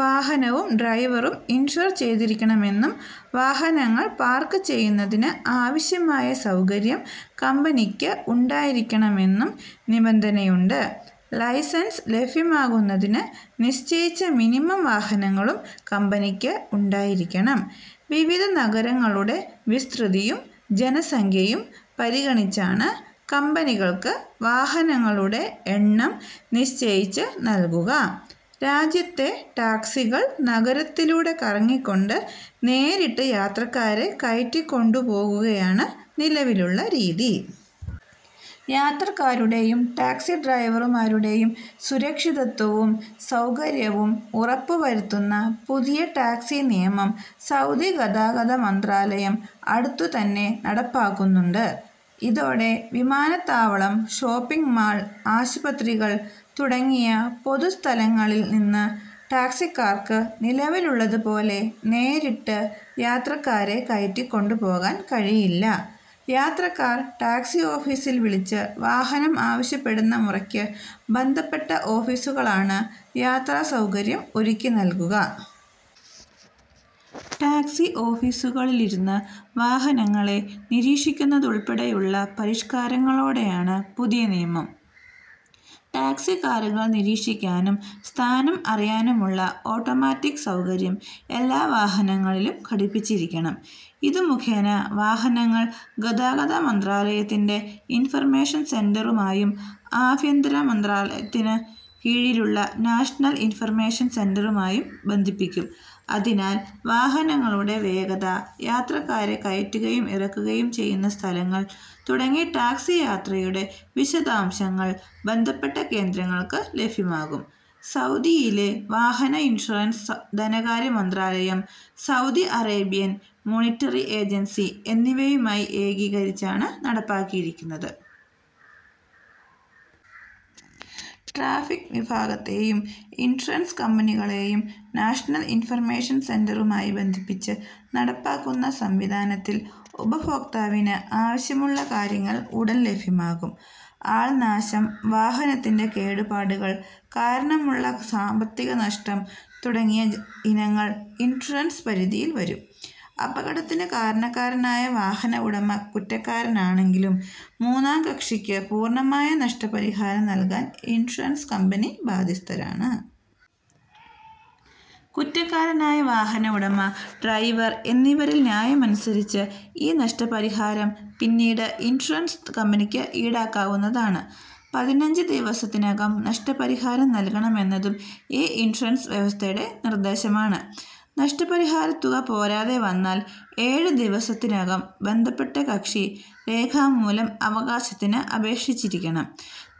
വാഹനവും ഡ്രൈവറും ഇൻഷുർ ചെയ്തിരിക്കണമെന്നും വാഹനങ്ങൾ പാർക്ക് ചെയ്യുന്നതിന് ആവശ്യമായ സൗകര്യം കമ്പനിക്ക് ഉണ്ടായിരിക്കണമെന്നും നിബന്ധനയുണ്ട്. ലൈസൻസ് ലഭ്യമാകുന്നതിന് നിശ്ചയിച്ച മിനിമം വാഹനങ്ങളും കമ്പനിക്ക് ഉണ്ടായിരിക്കണം. വിവിധ നഗരങ്ങളുടെ വിസ്തൃതിയും ജനസംഖ്യയും പരിഗണിച്ചാണ് കമ്പനികൾക്ക് വാഹനങ്ങളുടെ എണ്ണം നിശ്ചയിച്ച് നൽകുക. രാജ്യത്തെ ടാക്സികൾ നഗരത്തിലൂടെ കറങ്ങി കൊണ്ട് നേരിട്ട് യാത്രക്കാരെ കയറ്റികൊണ്ടു പോകുകയാണ് നിലവിലുള്ള രീതി. യാത്രക്കാരുടെയും ടാക്സി ഡ്രൈവർമാരുടെയും സുരക്ഷിതത്വവും സൗകര്യവും ഉറപ്പുവരുത്തുന്ന പുതിയ ടാക്സി നിയമം സൗദി ഗതാഗത മന്ത്രാലയം അടുത്തു തന്നെ നടപ്പാക്കുന്നുണ്ട്. ഇതോടെ വിമാനത്താവളം, ഷോപ്പിങ്ങ്മാൾ, ആശുപത്രികൾ തുടങ്ങിയ പൊതുസ്ഥലങ്ങളിൽ നിന്ന് ടാക്സിക്കാർക്ക് നിലവിലുള്ളത് പോലെ നേരിട്ട് യാത്രക്കാരെ കയറ്റികൊണ്ടുപോകാൻ കഴിയില്ല. യാത്രക്കാർ ടാക്സി ഓഫീസിൽ വിളിച്ച് വാഹനം ആവശ്യപ്പെടുന്ന മുറക്ക് ബന്ധപ്പെട്ട ഓഫീസുകളാണ് യാത്രാ സൗകര്യം ഒരുക്കിനൽകുക. ടാക്സി ഓഫീസുകളിലിരുന്ന് വാഹനങ്ങളെ നിരീക്ഷിക്കുന്നതുൾപ്പെടെയുള്ള പരിഷ്കാരങ്ങളോടെയാണ് പുതിയ നിയമം. ടാക്സി കാറുകൾ നിരീക്ഷിക്കാനും സ്ഥാനം അറിയാനുമുള്ള ഓട്ടോമാറ്റിക് സൗകര്യം എല്ലാ വാഹനങ്ങളിലും ഘടിപ്പിച്ചിരിക്കണം. ഇത് മുഖേന വാഹനങ്ങൾ ഗതാഗത മന്ത്രാലയത്തിന്റെ ഇൻഫർമേഷൻ സെന്ററുമായും ആഭ്യന്തര മന്ത്രാലയത്തിന് കീഴിലുള്ള നാഷണൽ ഇൻഫർമേഷൻ സെന്ററുമായും ബന്ധിപ്പിക്കും. അതിനാൽ വാഹനങ്ങളുടെ വേഗത, യാത്രക്കാരെ കയറ്റുകയും ഇറക്കുകയും ചെയ്യുന്ന സ്ഥലങ്ങൾ തുടങ്ങി ടാക്സി യാത്രയുടെ വിശദാംശങ്ങൾ ബന്ധപ്പെട്ട കേന്ദ്രങ്ങൾക്ക് ലഭ്യമാകും സൗദിയിലെ വാഹന ഇൻഷുറൻസ് ധനകാര്യ മന്ത്രാലയം, സൗദി അറേബ്യൻ മോണിറ്ററി ഏജൻസി എന്നിവയുമായി എകീകരിച്ചാണ് നടപ്പാക്കിയിരിക്കുന്നത്. ട്രാഫിക് വിഭാഗത്തെയും ഇൻഷൂറൻസ് കമ്പനികളെയും നാഷനൽ ഇൻഫർമേഷൻ സെന്ററുമായി ബന്ധിപ്പിച്ച് നടപ്പാക്കുന്ന സംവിധാനത്തിൽ ഉപഭോക്താവിന് ആവശ്യമുള്ള കാര്യങ്ങൾ ഉടൻ ലഭ്യമാകും. ആൾനാശം, വാഹനത്തിന്റെ കേടുപാടുകൾ കാരണമുള്ള സാമ്പത്തിക നഷ്ടം തുടങ്ങിയ ഇനങ്ങൾ ഇൻഷുറൻസ് പരിധിയിൽ വരും. അപകടത്തിന് കാരണക്കാരനായ വാഹന ഉടമ കുറ്റക്കാരനാണെങ്കിലും മൂന്നാം കക്ഷിക്ക് പൂർണമായ നഷ്ടപരിഹാരം നൽകാൻ ഇൻഷുർ കമ്പനി ബാധ്യസ്ഥരാണ്. കുറ്റക്കാരനായ വാഹന ഉടമ, ഡ്രൈവർ എന്നിവരിൽ ന്യായമനുസരിച്ച് ഈ നഷ്ടപരിഹാരം പിന്നീട് ഇൻഷുറൻസ് കമ്പനിക്ക് ഈടാക്കാവുന്നതാണ്. പതിനഞ്ച് ദിവസത്തിനകം നഷ്ടപരിഹാരം നൽകണമെന്നതും ഈ ഇൻഷുറൻസ് വ്യവസ്ഥയുടെ നിർദ്ദേശമാണ്. നഷ്ടപരിഹാരത്തുക പോരാതെ വന്നാൽ ഏഴ് ദിവസത്തിനകം ബന്ധപ്പെട്ട കക്ഷി രേഖാമൂലം അവകാശത്തിന് അപേക്ഷിച്ചിരിക്കണം.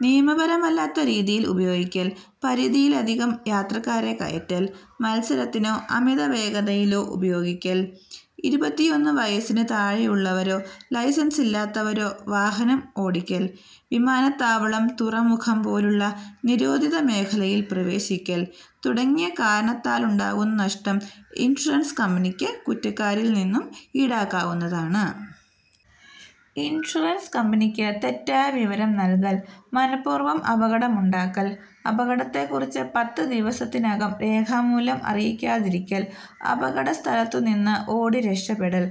നിയമപരമല്ലാത്ത രീതിയിൽ ഉപയോഗിക്കൽ, പരിധിയിലധികം യാത്രക്കാരെ കയറ്റൽ, മത്സരത്തിനോ അമിത വേഗതയിലോ ഉപയോഗിക്കൽ, ഇരുപത്തിയൊന്ന് വയസ്സിന് താഴെയുള്ളവരോ ലൈസൻസില്ലാത്തവരോ വാഹനം ഓടിക്കൽ, വിമാനത്താവളം തുറമുഖം പോലുള്ള നിരോധിത മേഖലയിൽ പ്രവേശിക്കൽ തുടങ്ങിയ കാരണത്താലുണ്ടാകുന്ന നഷ്ടം ഇൻഷുറൻസ് കമ്പനിക്ക് കുറ്റക്കാരിൽ നിന്ന് ഈടാക്കാവുന്നതാണ്. ഇൻഷുറൻസ് കമ്പനിക്ക് തെറ്റായ വിവരം നൽകൽ, മനഃപൂർവം അപകടമുണ്ടാക്കൽ, അപകടത്തെക്കുറിച്ച് പത്ത് ദിവസത്തിനകം രേഖാമൂലം അറിയിക്കാതിരിക്കൽ, അപകട സ്ഥലത്തുനിന്ന് ഓടി രക്ഷപ്പെടൽ,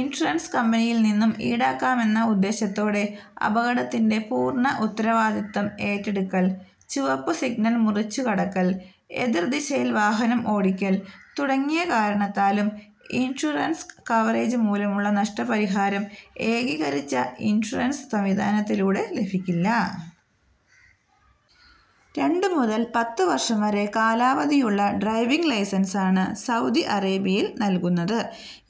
ഇൻഷുറൻസ് കമ്പനിയിൽ നിന്ന് ഈടാക്കാമെന്ന ഉദ്ദേശത്തോടെ അപകടത്തിന്റെ പൂർണ ഉത്തരവാദിത്തം ഏറ്റെടുക്കൽ, ചുവപ്പ് സിഗ്നൽ മുറിച്ചുകടക്കൽ, എതിർ ദിശയിൽ വാഹനം ഓടിക്കൽ തുടങ്ങിയ കാരണത്താലും ഇൻഷുറൻസ് കവറേജ് മൂലമുള്ള നഷ്ടപരിഹാരം എകീകരിച്ച ഇൻഷുറൻസ് സംവിധാനത്തിലൂടെ ലഭിക്കില്ല. രണ്ട് മുതൽ പത്ത് വർഷം വരെ കാലാവധിയുള്ള ഡ്രൈവിങ് ലൈസൻസ് ആണ് സൗദി അറേബ്യയിൽ നൽകുന്നത്.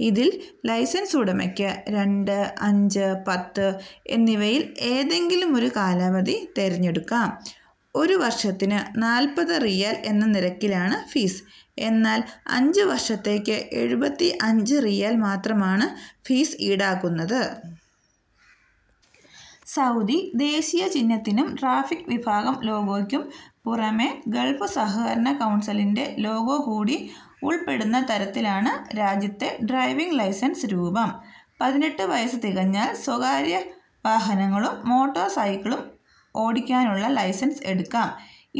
ഇതിൽ ലൈസൻസ് ഉടമക്ക് രണ്ട്, അഞ്ച്, പത്ത് എന്നിവയിൽ ഏതെങ്കിലുമൊരു കാലാവധി തെരഞ്ഞെടുക്കാം. ഒരു വർഷത്തിന് നാൽപത് റിയാൽ എന്ന നിരക്കിലാണ് ഫീസ്. എന്നാൽ അഞ്ച് വർഷത്തേക്ക് എഴുപത്തിഅഞ്ച് റിയാൽ മാത്രമാണ് ഫീസ് ഈടാക്കുന്നത്. സൗദി ദേശീയ ചിഹ്നത്തിനും ട്രാഫിക് വിഭാഗം ലോഗോക്കും പുറമെ ഗൾഫ് സഹകരണ കൗൺസിലിന്റെ ലോഗോ കൂടി ഉൾപ്പെടുന്ന തരത്തിലാണ് രാജ്യത്തെ ഡ്രൈവിങ് ലൈസൻസ് രൂപം. പതിനെട്ട് വയസ് തികഞ്ഞാൽ സ്വകാര്യ വാഹനങ്ങളും മോട്ടോർ സൈക്കിളും ഓടിക്കാനുള്ള ലൈസൻസ് എടുക്കാം.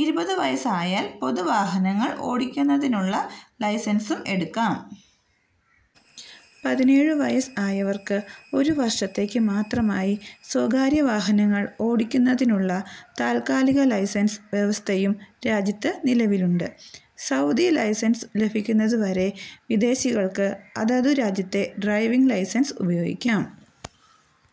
ഇരുപതു വയസ് ആയാൽ പൊതു വാഹനങ്ങൾ ഓടിക്കുന്നതിന്നുതിനുള്ള ലൈസൻസും എടുക്കാം. പതിനേഴു വയസ് ആയവർക്ക് ഒരു വർഷത്തേക്ക് മാത്രമായി സ്വകാര്യ വാഹനങ്ങൾ ഓടിക്കുന്നതിനുള്ള താൽക്കാലിക ലൈസൻസ് വ്യവസ്ഥയും രാജ്യത്ത് നിലവിലുണ്ട്. സൗദി ലൈസൻസ് ലഭിക്കുന്നതു വരെ വിദേശികൾക്ക് അതതു രാജ്യത്തെ ഡ്രൈവിങ്ലൈസൻസ് ഉപയോഗിക്കാം